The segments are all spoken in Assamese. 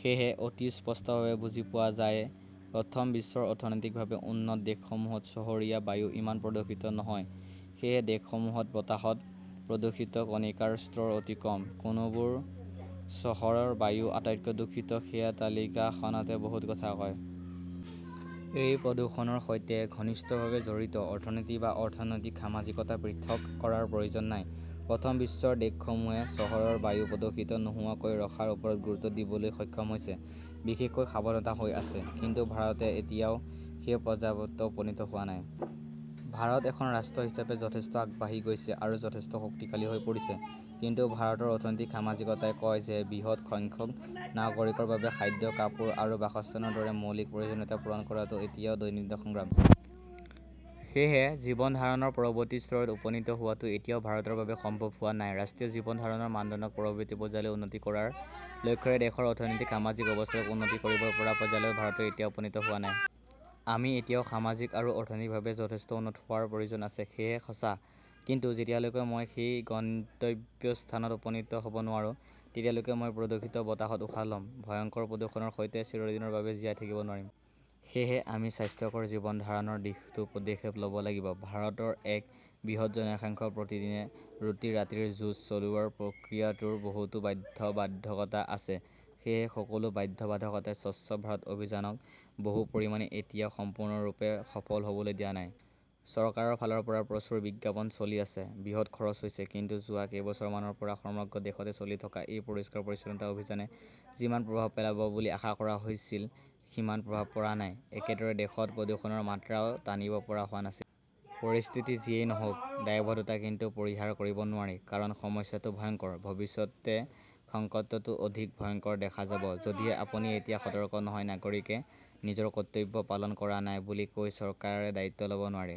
সেয়েহে অতি স্পষ্টভাৱে বুজি পোৱা যায়, প্ৰথম বিশ্বৰ অৰ্থনৈতিকভাৱে উন্নত দেশসমূহত চহৰীয়া বায়ু ইমান প্ৰদূষিত নহয়। সেই দেশসমূহত বতাহত প্ৰদূষিত কণিকাৰ স্তৰ অতি কম। কোনবোৰ চহৰৰ বায়ু আটাইতকৈ দূষিত, সেয়া তালিকাখনে বহুত কথা কয়। এই প্ৰদূষণৰ সৈতে ঘনিষ্ঠভাৱে জড়িত অৰ্থনীতি বা অৰ্থনৈতিক-সামাজিকতা পৃথক কৰাৰ প্ৰয়োজন নাই। প্ৰথম বিশ্বৰ দেশসমূহে চহৰৰ বায়ু প্ৰদূষিত নোহোৱাকৈ ৰখাৰ ওপৰত গুৰুত্ব দিবলৈ সক্ষম হৈছে, বিশেষকৈ সাৱধান হৈ আছে। কিন্তু ভাৰতে এতিয়াও সেই পৰ্যায়ত উপনীত হোৱা নাই। ভাৰত এখন ৰাষ্ট্ৰ হিচাপে যথেষ্ট আগবাঢ়ি গৈছে আৰু যথেষ্ট শক্তিশালী হৈ পৰিছে। কিন্তু ভাৰতৰ অৰ্থনৈতিক-সামাজিকতাই কয় যে, বৃহৎ সংখ্যক নাগৰিকৰ বাবে খাদ্য, কাপোৰ আৰু বাসস্থানৰ দৰে মৌলিক প্ৰয়োজনীয়তা পূৰণ কৰাটো এতিয়াও দৈনন্দিন সংগ্ৰাম। সেয়েহে জীৱন ধাৰণৰ পৰৱৰ্তী স্তৰত উপনীত হোৱাটো এতিয়াও ভাৰতৰ বাবে সম্ভৱ হোৱা নাই। ৰাষ্ট্ৰীয় জীৱন ধাৰণৰ মানদণ্ডক পৰৱৰ্তী পৰ্যায়লৈ উন্নীত কৰাৰ লক্ষ্যৰে দেশৰ অৰ্থনৈতিক-সামাজিক অৱস্থাক উন্নীত কৰিব পৰা পৰ্যায়লৈ ভাৰত এতিয়াও উপনীত হোৱা নাই। আমি এতিয়াও সামাজিক আৰু অৰ্থনৈতিকভাৱে যথেষ্ট উন্নত হোৱাৰ প্ৰয়োজন আছে, সেয়া সঁচা। কিন্তু যেতিয়ালৈকে মই সেই গন্তব্যস্থানত উপনীত হব নোৱাৰোঁ, তেতিয়ালৈকে মই প্ৰদূষিত বতাহত উশাহ লম। ভয়ংকৰ প্ৰদূষণৰ সৈতে চিৰদিনৰ বাবে জীয়াই থাকিব নোৱাৰিম। সেয়েহে আমি স্বাস্থ্যকৰ জীৱন ধাৰণৰ দিশতো পদক্ষেপ লব লাগিব। ভাৰতৰ এক বৃহৎ জনসংখ্যা প্ৰতিদিনে ৰুটি-ৰাতিৰ যুঁজ চলোৱাৰ প্ৰক্ৰিয়াটোৰ বহুতো বাধ্যবাধকতা আছে। সেই সকলো বাধ্যবাধকতাই স্বচ্ছ ভাৰত অভিযানক বহু পৰিমাণে এতিয়াও সম্পূৰ্ণৰূপে সফল হবলৈ দিয়া নাই। চৰকাৰৰ ফালৰ পৰা প্ৰচুৰ বিজ্ঞাপন চলি আছে, বৃহৎ খৰচ হৈছে, কিন্তু যোৱা কেইবছৰমানৰ পৰা সমগ্ৰ দেশতে চলি থকা এই পৰিষ্কাৰ-পৰিচ্ছন্নতা অভিযানে যিমান প্ৰভাৱ পেলাব বুলি আশা কৰা হৈছিল, সিমান প্ৰভাৱ পৰা নাই। একেদৰে, দেশত প্ৰদূষণৰ মাত্ৰাও টানিব পৰা হোৱা নাছিল। পৰিস্থিতি যিয়েই নহওঁক, দায়বদ্ধতা কিন্তু পৰিহাৰ কৰিব নোৱাৰি। কাৰণ সমস্যাটো ভয়ংকৰ। ভৱিষ্যতে সংকটটো অধিক ভয়ংকৰ দেখা যাব, যদিহে আপুনি এতিয়া সতৰ্ক নহয়। নাগৰিকে নিজৰ কৰ্তব্য পালন কৰা নাই বুলি কৈ চৰকাৰে দায়িত্ব লব নোৱাৰে।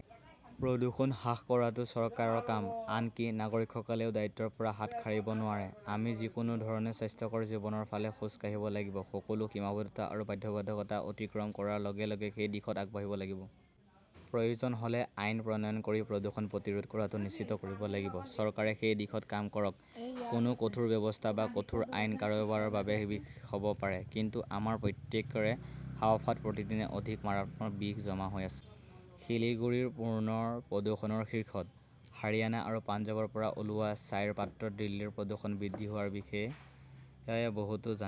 প্ৰদূষণ হ্ৰাস কৰাটো চৰকাৰৰ কাম, আনকি নাগৰিকসকলেও দায়িত্বৰ পৰা হাত সাৰিব নোৱাৰে। আমি যিকোনো ধৰণে স্বাস্থ্যকৰ জীৱনৰ ফালে খোজ কাঢ়িব লাগিব। সকলো সীমাবদ্ধতা আৰু বাধ্যবাধকতা অতিক্ৰম কৰাৰ লগে লগে সেই দিশত আগবাঢ়িব লাগিব। প্ৰয়োজন হলে আইন প্ৰণয়ন কৰি প্ৰদূষণ প্ৰতিৰোধ কৰাটো নিশ্চিত কৰিব লাগিব। চৰকাৰে সেই দিশত কাম কৰক। কোনো কঠোৰ ব্যৱস্থা বা কঠোৰ আইন কাৰোবাৰ বাবে বিষ হব পাৰে। কিন্তু আমাৰ প্ৰত্যেকৰে হাঁওফাঁওত প্ৰতিদিনে অধিক মাৰাত্মক বিষ জমা হৈ আছে। শিলিগুৰি পুনৰ প্ৰদূষণৰ শীৰ্ষত । হাৰিয়ানা আৰু পঞ্জাৱৰ পৰা ওলোৱা ছাইৰ পাত্ৰত দিল্লীৰ প্ৰদূষণ বৃদ্ধি হোৱাৰ বিষয়ে বহুতে জানে।